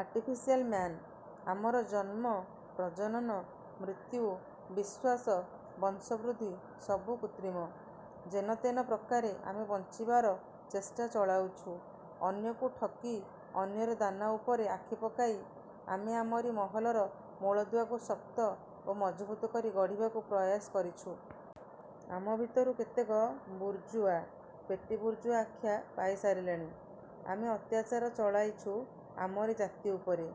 Artificial man. ଅମର ଜନ୍ମ, ପ୍ରଜନନ, ମୃତ୍ୟୁ, ବିଶ୍ୱାସ, ବଂଶବୁଦ୍ଧି-ସବୁ କୃତ୍ରିମ। ଯେନତେନ ପ୍ରକାରେ ଆମେ ବଞ୍ଚିବାର ଚେଷ୍ଟା ଚଳାଇଛୁ। ଅନ୍ୟକୁ ଠକି, ଅନ୍ୟର ଦାନା ଉପରେ ଆଖି ପକାଇ, ଆମେ ଆମରି ମହଲର ମୂଳଦୁଆକୁ ଶକ୍ତ ଓ ମଜବୁତ୍ କରି ଗଢ଼ିବାକୁ ପ୍ରୟାସ କରିଛୁ। ଆମ ଭିତରୁ କେତେକ ବୁର୍ଜୁଆ, ପେଟି ବୁର୍ଜୁଆ ଆଖ୍ୟା ପାଇ ସାରିଲେଣି। ଆମେ ଅତ୍ୟାଚାର ଚଳାଇଛୁ ଆମରି ଜାତି ଉପରେ।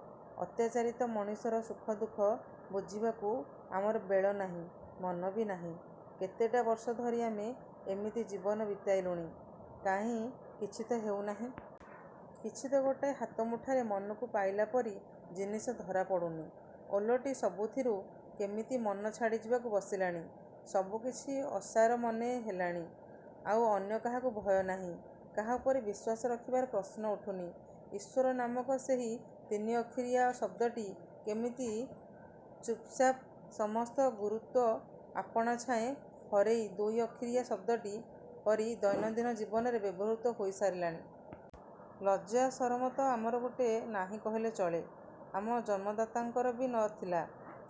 ଅତ୍ୟାଚାରିତ ମଣିଷର ସୁଖଦୁଃଖ ବୁଝିବାକୁ ଆମର ବେଳ ନାହିଁ। ମନ ବି ନାହିଁ। କେତେଟା' ବର୍ଷ ଧରି ଆମେ ଏମିତି ଜୀବନ ବିତେଇଲୁଣି। କାହିଁ କିଛିତ ହେଉନାହିଁ। କିଛିତ ଗୋଟାଏ ହାତ ମୁଠାରେ ମନକୁ ପାଇଲା ପରି ଜିନିଷ ଧରା ପଡ଼ୁନି। ଓଲଟି ସବୁଥିରୁ କେମିତି ମନ ଛାଡ଼ି ଯିବାକୁ ବସିଲାଣି। ସବୁକିଛି ଅସାର ମନେ ହେଲାଣି। ଆଉ ଅନ୍ୟ କାହାକୁ ଭୟ ନାହିଁ। କାହା ଉପରେ ବିଶ୍ୱାସ ରଖିବାର ପ୍ରଶ୍ନ ଉଠୁନି। ଈଶ୍ୱର ନାମକ ସେହି ତିନିଅକ୍ଷରିଆ ଶବ୍ଦଟି କେମିତି ଚୁପ୍ଚାପ୍ ସମସ୍ତ ଗୁରୁତ୍ୱ ଆପଣାଛାଏଁ ହରେଇ ଦୁଇ ଅକ୍ଷରିଆ ଶବ୍ଦଟି ପରି ଦୈନନ୍ଦିନ ଜୀବନରେ ବ୍ୟବହୃତ ହୋଇ ବସିଲାଣି। ଲଜ୍ଜା ସରମତ ଆମର ମୋଟେ ନାହିଁ କହିଲେ ଚଳେ। ଆମ ଜନ୍ମଦାତାଙ୍କର ବି ନ ଥିଲା।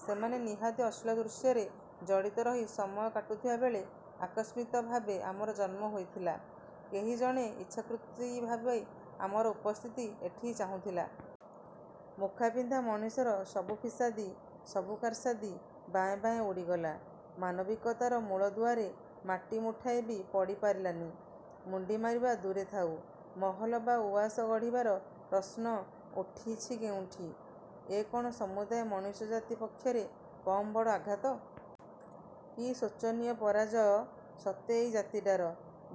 ସେମାନେ ନିହାତି ଅଶ୍ଳୀଳ ଦୃଶ୍ୟରେ ଜଡ଼ିତ ରହି ସମୟ କାଟୁଥିବା ବେଳେ ଆକସ୍ମିକ ଭାବେ ଆମର ଜନ୍ମ ହୋଇଥିଲା। କେହି ଜଣେ ଇଚ୍ଛାକୃତି ଭାବେ ଆମର ଉପସ୍ଥିତ ଏଠି ଚାହୁଁଥିଲା-? ମୁଖାପିନ୍ଧା ମଣିଷର ସବୁ ଫିସାଦି, ସବୁ କାରସାଦି ବାଏଁ ବାଏଁ ଉଡ଼ିଗଲା। ମାନବିକତାର ମୂଳଦୁଆରେ ମାଟି ମୁଠାଏ ବି ପଡ଼ି ପାରିଲାନି। ମୁଣ୍ତି ମାରିବା ଦୂରେ ଥାଉ। ମହଲ ବା ଉଆସ ଗଢ଼ିବାର ପ୍ରଶ୍ନ ଉଠୁଛି କୋଉଠି? ଏ କ'ଣ ସମୁଦାୟ ମଣିଷ ଜାତି ପକ୍ଷରେ କମ୍ ବଡ଼ ଆଘାତ। କି ଶୋଚନୀୟ ପରାଜୟ ସତେ ଏଇ ଜାତିଟାର।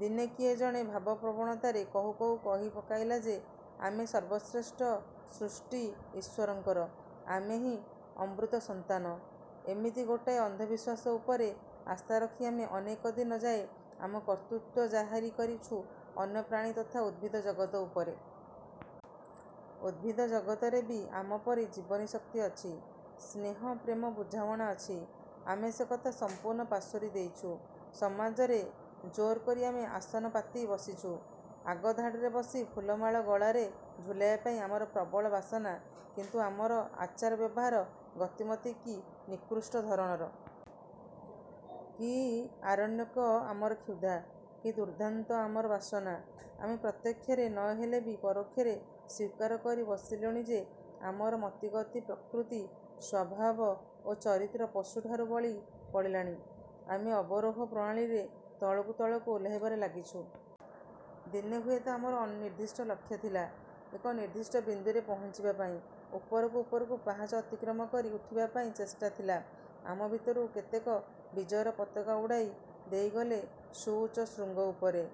ଦିନେ କିଏ ଜଣେ ଭାବପ୍ରବଣତାରେ କହୁ କହୁ କହି ପକାଇଥିଲା ଯେ, 'ଆମେ ସର୍ବଶ୍ରେଷ୍ଠ ସୃଷ୍ଟି ଈଶ୍ୱରଙ୍କର। ଆମେହିଁ ଅମୃତର ସନ୍ତାନ-। ' ଏମିତି ଗୋଟାଏ ଅନ୍ଧବିଶ୍ୱାସ ଉପରେ ଆସ୍ଥାରଖି ଆମେ ଅନେକ ଦିନ ଯାଏ ଆମ କର୍ତ୍ତୃତ୍ୱ ଜାହିର କରିଛୁ ଅନ୍ୟ ପ୍ରାଣୀ ତଥା ଉଦ୍ଭିଦ ଜଗତ ଉପରେ। ଉଦ୍ଭିଦ ଜଗତରେ ବି ଆମପରି ଜୀବନୀ ଶକ୍ତି ଅଛି। ସ୍ନେହ ପ୍ରେମ ବୁଝାମଣା ଅଛି। ଆମେ ସେ କଥା ସମ୍ପୂର୍ଣ୍ଣ ପାସୋରି ଦେଇଛୁ-। ସମାଜରେ ଜୋର୍କରି ଆମେ ଆସନ ପାତି ବସିଛୁ। ଆଗ ଧାଡ଼ିରେ ବସି ଫୁଲମାଳ ଗଳାରେ ଝୁଲାଇବା ପାଇଁ ଆମର ପ୍ରବଳ ବାସନା କିନ୍ତୁ ଆମର ଆଚାର, ବ୍ୟବହାର ଗତିମତି କି ନିକୃଷ୍ଟ ଧରଣର! କି ଆରଣ୍ୟକ ଆମର କ୍ଷୁଧା! କି ଦୁର୍ଦ୍ଦାନ୍ତ ଆମର ବାସନା! ଆମେ ପ୍ରତ୍ୟକ୍ଷରେ ନ ହେଲେ ବି ପରୋକ୍ଷରେ ସ୍ୱୀକାର କରି ବସିଲୁଣି ଯେ ଆମ ମତିଗତି ପ୍ରକୃତି, ସ୍ୱଭାବ ଓ ଚରିତ୍ର ପଶୁଠାରୁ ବଳି ପଡ଼ିଲାଣି। ଆମେ ଅବରୋହ ପ୍ରଣାଳୀରେ ତଳକୁ ତଳକୁ ଓହ୍ଲାଇବାରେ ଲାଗିଛୁ-। ଦିନେ ହୁଏତ ଆମର ନିର୍ଦ୍ଦିଷ୍ଟ ଲକ୍ଷ୍ୟ ଥିଲା। ଏକ ନିଶ୍ଚିତ ବିନ୍ଦୁରେ ପହଞ୍ଚିବା ପାଇଁ, ଉପରକୁ ଉପରକୁ ପାହାଚ ଅତିକ୍ରମ କରି ଉଠିବା ପାଇଁ ଚେଷ୍ଟା ଥିଲା। ଆମ ଭିତରୁ କେତେକ ବିଜୟର ପତାକା ଉଡ଼ାଇ ଦେଇଗଲେ ସୁଉଚ୍ଚ ଶୃଙ୍ଗ ଉପରେ।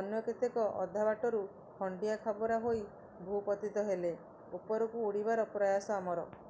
ଅନ୍ୟ କେତେକ ଅଧା ବାଟରୁ ଖଣ୍ତିଆ ଖାବରା ହୋଇ ଭୂପତିତ ହେଲେ। ଉପରକୁ ଉଡ଼ିବାର ପ୍ରୟାସ ଆମର